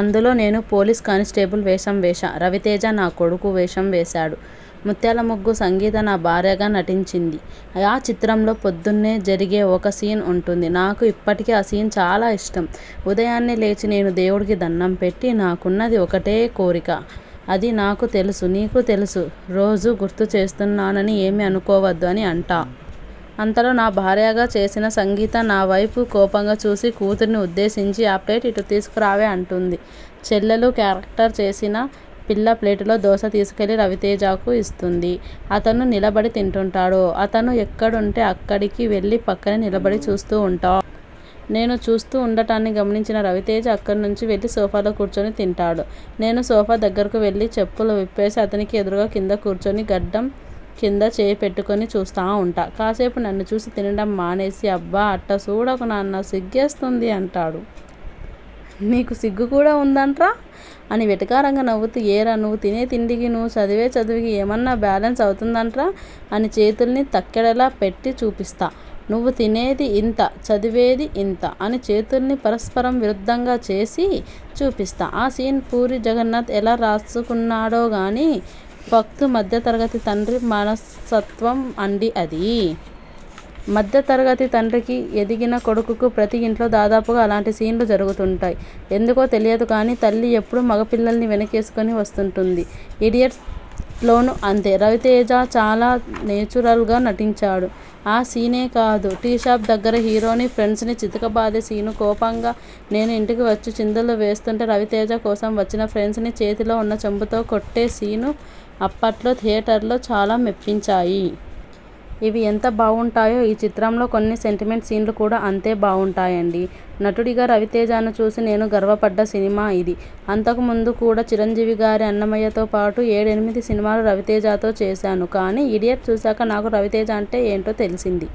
అందులో నేను police constable వేషం వేశా. రవితేజ నా కొడుకు వేషం వేశాడు. 'ముత్యాలముగ్గు' సంగీత నా భార్యగా నటించింది. ఆ చిత్రంలో పొద్దున్నే జరిగే ఒక సీన్ ఉంటుంది. నాకు ఇప్పటికీ ఆ సీన్ చాలా ఇష్టం. ఉదయాన్నే లేచి నేను దేవుడికి దణ్ణం పెట్టి 'నాకున్నది ఒకటే కోరిక అది నాకూ తెలుసు నీకూ తెలుసు రోజూ గుర్తుచేస్తున్నానని ఏమీ అనుకోవద్దు' అని అంటా. అంతలో నా భార్యగా చేసిన సంగీత నావైపు కోపంగా చూసి కూతురిని ఉద్దేశించి 'ఆ ప్లేట్ ఇటు తీసుకురావే' అంటుంది. చెల్లెలు కేరక్టర్ చేసిన పిల్ల ప్లేటులో దోశ తీసుకెళ్ళి రవితేజకు ఇస్తుంది. అతను నిలబడి తింటుంటాడు. అతను ఎక్కడుంటే అక్కడికి వెళ్ళి పక్కనే నిలబడి చూస్తూ ఉంటా. నేను చూస్తూ ఉండటాన్ని గమనించిన రవితేజ అక్కడినుంచి వెళ్ళి సోఫాలో కూర్చుని తింటాడు. నేను సోఫా దగ్గరకువెళ్ళి చెప్పులు విప్పేసి, అతనికి ఎదురుగా కింద కూర్చుని గడ్డం కింద చేయి పెట్టుకుని చూస్తా ఉంటా. కాసేపు నన్ను చూసి తినడం మానేసి 'అబ్బా అట్టా సూడకు నాన్నా సిగ్గేస్తుంది' అంటాడు. 'నీకు సిగ్గు కూడా ఉందంట్రా ' అని వెటకారంగా నవ్వుతూ 'ఏరా నువ్వు తినే తిండికి, నువ్వు చదివే చదువుకీ ఏమన్నా బ్యాలన్స్ అవుతుందంట్రా 'అని చేతుల్ని తక్కెడలా పెట్టి చూపిస్తా. 'నువ్వు తినేది ఇంత చదివేది ఇంత' అని చేతుల్ని పరస్పరం విరుద్ధంగా చేసి చూపిస్తా ఆ సీన్ పూరి జగన్నాథ్ ఎలా రాసుకున్నాడోగానీ, ఫక్తు మధ్యతరగతి తండ్రి మనస్తత్వం అండీ అదీ. మధ్యతరగతి తండ్రికి, ఎదిగిన కొడుకుకు ప్రతి ఇంట్లో దాదాపుగా అలాంటి సీన్లు జరుగుతుంటాయి. ఎందుకో తెలియదుగానీ తల్లి ఎప్పుడూ మగపిల్లల్ని వెనకేసుకుని వస్తుంటుంది. 'ఇడియట్' లోనూ అంతే. రవితేజ చాలా నేచురల్గా నటించాడు. ఆ సీనే కాదు, టీ షాప్ దగ్గర హీరోని, ఫ్రెండ్స్ ని చితకబాదే సీను, కోపంగా నేను ఇంటికి వచ్చి చిందులు వేస్తుంటే రవితేజ కోసం వచ్చిన ఫ్రెండ్ని చేతిలో ఉన్న చెంబుతో కొట్టే సీను అప్పట్లో థియేటర్లలో చాలా మెప్పించాయి. ఇవి ఎంత బావుంటాయో ఈ చిత్రంలో కొన్ని సెంటిమెంట్ సీన్లు కూడా అంతే బావుంటాయండీ. నటుడిగా రవితేజను చూసి నేను గర్వపడ్డ సినిమా ఇది. అంతకు ముందు కూడా చిరంజీవిగారి 'అన్నయ్య' తో పాటు ఏడెనిమిది సినిమాలు రవితేజతో చేశాను కానీ 'ఇడియట్' చూశాక నాకు రవితేజ అంటే ఏంటో తెలిసింది.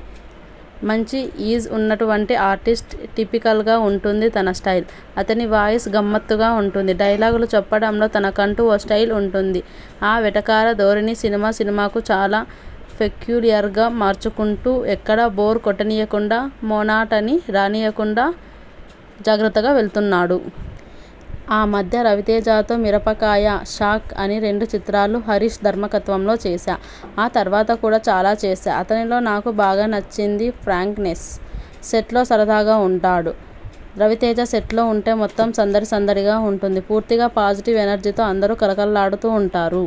మంచి ఈజ్ ఉన్నటువంటి ఆర్టిస్ట్. టిపికల్గా ఉంటుంది తన స్టైల్. అతని వాయిస్ గమ్మత్తుగా ఉంటుంది. డైలాగులు చెప్పడంలో తనకంటూ ఓ స్టైల్ ఉంటుంది. ఆ వెటకార ధోరణిని సినిమా సినిమాకూ చాలా పెక్యూలియర్గా మార్చుకుంటూ ఎక్కడా బోర్ కొట్టనీయకుండా, మొనాటనీ రానీయకుండా జాగ్రత్తగా వెళ్తున్నాడు. ఆ మధ్య రవితేజతో 'మిరపకాయ', 'షాక్' అని రెండు చిత్రాలు హరీశ్ దర్శకత్వంలో చేశా. ఆ తర్వాత కూడా చాలా చేశా. అతనిలో నాకు బాగా నచ్చింది ఫ్రాంక్నెస్. సెట్లో సరదాగా ఉంటాడు. రవితేజ సెట్లో ఉంటే మొత్తం సందడి సందడిగా ఉంటుంది. పూర్తిగా పాజిటివ్ ఎనర్జీ తో అందరూ కళకళలాడుతుంటారు.